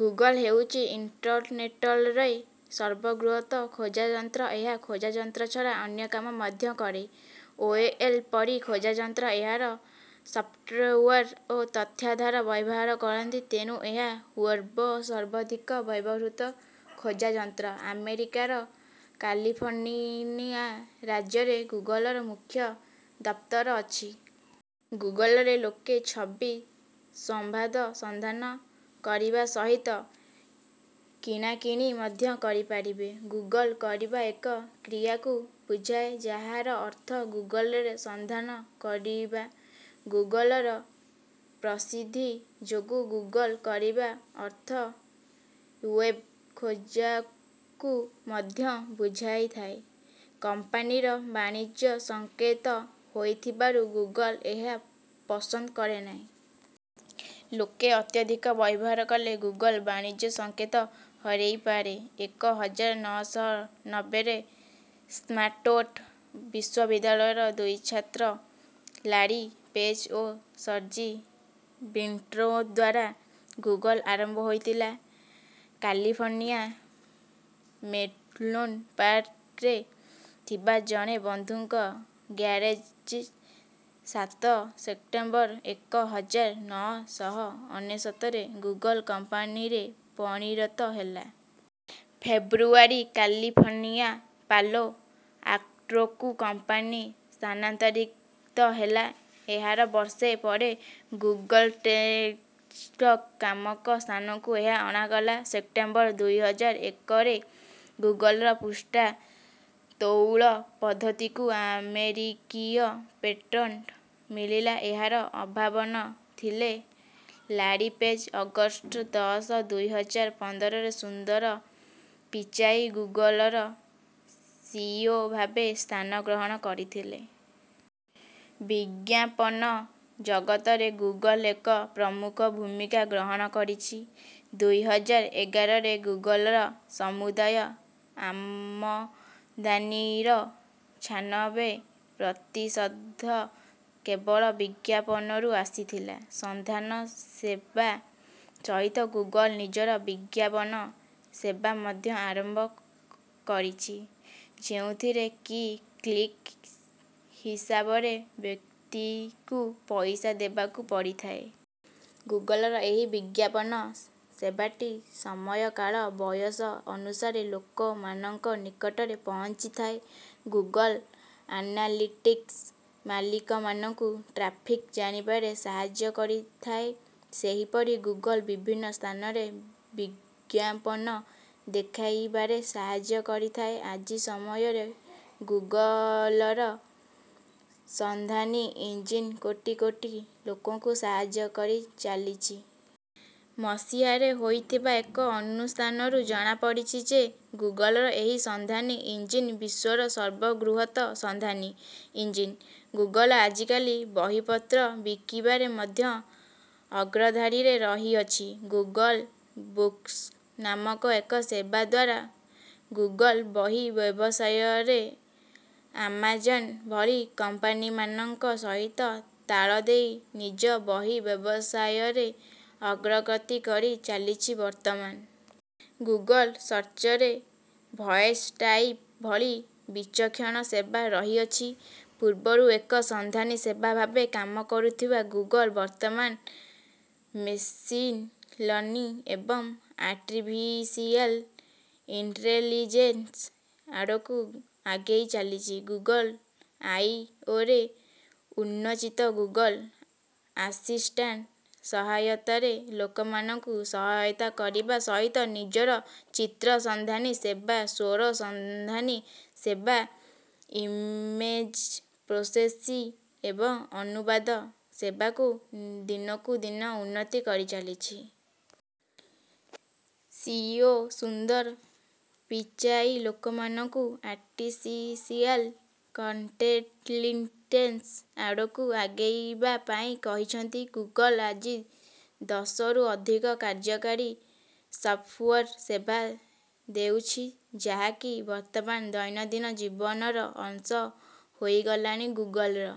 Google ହେଉଛି ଇଣ୍ଟରନେଟରେ ସର୍ବବୃହତ ଖୋଜାଯନ୍ତ୍ର। ଏହା ଖୋଜାଯନ୍ତ୍ର ଛଡ଼ା ଅନ୍ୟ କାମ ମଧ୍ୟ କରେ। ଏଓଏଲ୍ ପରି ଖୋଜାଯନ୍ତ୍ର ଏହାର ସଫ୍ଟୱେର୍ ଓ ତଥ୍ୟାଧାର ବ୍ୟବହାର କରନ୍ତି। ତେଣୁ ଏହା ୱେବ୍ର ସର୍ବାଧିକ ବ୍ୟବହୃତ ଖୋଜାଯନ୍ତ୍ର। ଆମେରିକାର କାଲିଫର୍ନିଆ ରାଜ୍ୟରେ ଗୁଗଲର ମୁଖ୍ୟ ଦପ୍ତର ଅଛି। ଗୁଗଲରେ ଲୋକେ ଛବି, ସମ୍ବାଦ ସନ୍ଧାନ କରିବା ସହିତ କିଣାକିଣି ମଧ୍ୟ କରିପାରିବେ। ଗୁଗଲ କରିବା ଏକ କ୍ରିୟାକୁ ବୁଝାଏ, ଯାହାର ଅର୍ଥ ଗୁଗଲରେ ସନ୍ଧାନ କରିବା। ଗୁଗଲର ପ୍ରସିଦ୍ଧି ଯୋଗୁ, ଗୁଗଲ କରିବା ଅର୍ଥ ୱେବ୍ ଖୋଜାକୁ ମଧ୍ୟ ବୁଝାଇଥାଏ। କମ୍ପାନୀର ବାଣିଜ୍ୟସଂକେତ ହୋଇଥିବାରୁ ଗୁଗଲ ଏହା ପସନ୍ଦ କରେ ନାହିଁ। ଲୋକେ ଅତ୍ୟଧିକ ବ୍ୟବହାର କଲେ ଗୁଗଲ ବାଣିଜ୍ୟସଂକେତ ହରେଇପାରେ। ଏକ ହଜାର ନଅ ଶହ ନବେରେ ଷ୍ଟାନ୍ଫୋର୍ଡ଼୍ ବିଶ୍ୱବିଦ୍ୟାଳୟର ଦୁଇ ଛାତ୍ର ଲାରୀ ପେଜ୍ ଓ ସର୍ଜି ବ୍ରିନ୍ଙ୍କ ଦ୍ୱାରା ଗୁଗଲ ଆରମ୍ଭ ହୋଇଥିଲା। କାଲିଫର୍ନିଆର ମେନ୍ଲୋ ପାର୍କରେ ଥିବା ଜଣେ ବନ୍ଧୁଙ୍କ ଗ୍ୟାରେଜ୍ରେ ସାତ ସେପ୍ଟେମ୍ବର, ଏକ ହଜାର ନଅ ଶହ ଅନେଶତରେ ଗୁଗଲ କମ୍ପାନୀରେ ପରିଣତ ହେଲା। ଫେବ୍ରୁଆରୀରେ କାଲିଫର୍ନିଆର ପାଲୋ ଆଲ୍ଟୋକୁ କମ୍ପାନୀ ସ୍ଥାନାନ୍ତରିତ ହେଲା। ଏହାର ବର୍ଷେ ପରେ ଗୁଗଲ୍ପ୍ଲେକ୍ସ ନାମକ ସ୍ଥାନକୁ ଏହା ଅଣାଗଲା। ସେପ୍ଟେମ୍ବର ଦୁଇ ହଜାର ଏକରେ ଗୁଗଲର ପୃଷ୍ଠା ତଉଲ ପଦ୍ଧତିକୁ ଆମେରିକୀୟ ପେଟେଣ୍ଟ ମିଳିଲା। ଏହାର ଉଦ୍ଭାବକ ଥିଲେ ଲାରୀ ପେଜ୍। ଅଗଷ୍ଟ ଦଶ, ଦୁଇ ହଜାର ପନ୍ଦରରେ ସୁନ୍ଦର ପିଚାଇ ଗୁଗଲର ସିଇଓ ଭାବେ ସ୍ଥାନ ଗ୍ରହଣ କରିଥିଲେ। ବିଜ୍ଞାପନ ଜଗତରେ ଗୁଗଲ ଏକ ପ୍ରମୁଖ ଭୂମିକା ଗ୍ରହଣ କରିଛି। ଦୁଇ ହଜାର ଏଗାରରେ ଗୁଗଲର ସମୁଦାୟ ଆମଦାନିର ଛାନବେ ପ୍ରତିଶତ କେବଳ ବିଜ୍ଞାପନରୁ ଆସିଥିଲା। ସନ୍ଧାନ ସେବା ସହିତ ଗୁଗଲ ନିଜର ବିଜ୍ଞାପନ ସେବା ମଧ୍ୟ ଆରମ୍ଭ କରିଛି, ଯେଉଁଥିରେ କି କ୍ଲିକ୍ ହିସାବରେ ବ୍ୟକ୍ତିକୁ ପଇସା ଦେବାକୁ ପଡ଼ିଥାଏ। ଗୁଗଲର ଏହି ବିଜ୍ଞାପନ ସେବାଟି ସମୟ, କାଳ, ବୟସ ଅନୁସାରେ ଲୋକମାନଙ୍କ ନିକଟରେ ପହଞ୍ଚିଥାଏ। ଗୁଗଲ ଆନାଲିଟିକ୍ସ, ମାଲିକମାନଙ୍କୁ ଟ୍ରାଫିକ୍ ଜାଣିବାରେ ସାହାଯ୍ୟ କରିଥାଏ। ସେହିପରି ଗୁଗଲ ବିଭିନ୍ନ ସ୍ଥାନରେ ବିଜ୍ଞାପନ ଦେଖାଇବାରେ ସାହାଯ୍ୟ କରିଥାଏ। ଆଜି ସମୟରେ ଗୁଗଲର ସନ୍ଧାନୀ ଇଞ୍ଜିନ୍ କୋଟି କୋଟି ଲୋକଙ୍କୁ ସାହାଯ୍ୟ କରି ଚାଲିଛି। ମସିହାରେ ହୋଇଥିବା ଏକ ଅନୁଧ୍ୟାନରୁ ଜଣାପଡ଼ିଛି ଯେ ଗୁଗଲର ଏହି ସନ୍ଧାନୀ ଇଞ୍ଜିନ୍ ବିଶ୍ୱର ସର୍ବବୃହତ ସନ୍ଧାନୀ ଇଞ୍ଜିନ୍। ଗୁଗଲ ଆଜିକାଲି ବହିପତ୍ର ବିକିବାରେ ମଧ୍ୟ ଅଗ୍ରଧାଡ଼ିରେ ରହିଅଛି। ଗୁଗଲ ବୁକ୍ସ ନାମକ ଏକ ସେବା ଦ୍ୱାରା ଗୁଗଲ ବହି ବ୍ୟବସାୟରେ ଆମାଜନ୍ ଭଳି କମ୍ପାନୀମାନଙ୍କ ସହିତ ତାଳ ଦେଇ, ନିଜ ବହି ବ୍ୟବସାୟରେ ଅଗ୍ରଗତି କରି ଚାଲିଛି। ବର୍ତ୍ତମାନ ଗୁଗଲ ସର୍ଚ୍ଚରେ ଭଏସ୍ ଟାଇପିଂ ଭଳି ବିଚକ୍ଷଣ ସେବା ରହିଅଛି। ପୂର୍ବରୁ ଏକ ସନ୍ଧାନୀ ସେବା ଭାବେ କାମ କରୁଥିବା ଗୁଗଲ, ବର୍ତ୍ତମାନ ମେସିନ୍ ଲର୍ନିଂ ଏବଂ ଆର୍ଟିଫିସିଆଲ୍ ଇଣ୍ଟେଲିଜେନ୍ସ ଆଡ଼କୁ ଆଗେଇ ଚାଲିଛି। ଗୁଗଲ ଆଇ ଓରେ ଉନ୍ମୋଚିତ ଗୁଗଲ ଆସିଷ୍ଟାଣ୍ଟ ସହାୟତାରେ ଲୋକମାନଙ୍କୁ ସହାୟତା କରିବା ସହିତ, ନିଜର ଚିତ୍ର ସନ୍ଧାନୀ ସେବା, ସ୍ୱର ସନ୍ଧାନୀ ସେବା, ଇମେଜ୍ ପ୍ରୋସେସିଂ ଏବଂ ଅନୁବାଦ ସେବାକୁ ଦିନକୁ ଦିନ ଉନ୍ନତ କରିଚାଲିଛି। ସିଇଓ ସୁନ୍ଦର ପିଚାଇ ଲୋକମାନଙ୍କୁ ଆର୍ଟିଫିସିଆଲ୍ ଇଣ୍ଟେଲିଜେନ୍ସ ଆଡ଼କୁ ଆଗେଇବା ପାଇଁ କହିଛନ୍ତି। ଗୁଗଲ ଆଜି ଦଶରୁ ଅଧିକ କାର୍ଯ୍ୟକାରୀ ସଫ୍ଟୱେର୍ ସେବା ଦେଉଛି, ଯାହାକି ବର୍ତ୍ତମାନ ଦୈନନ୍ଦିନ ଜୀବନର ଅଂଶ ହୋଇଗଲାଣି। ଗୁଗଲର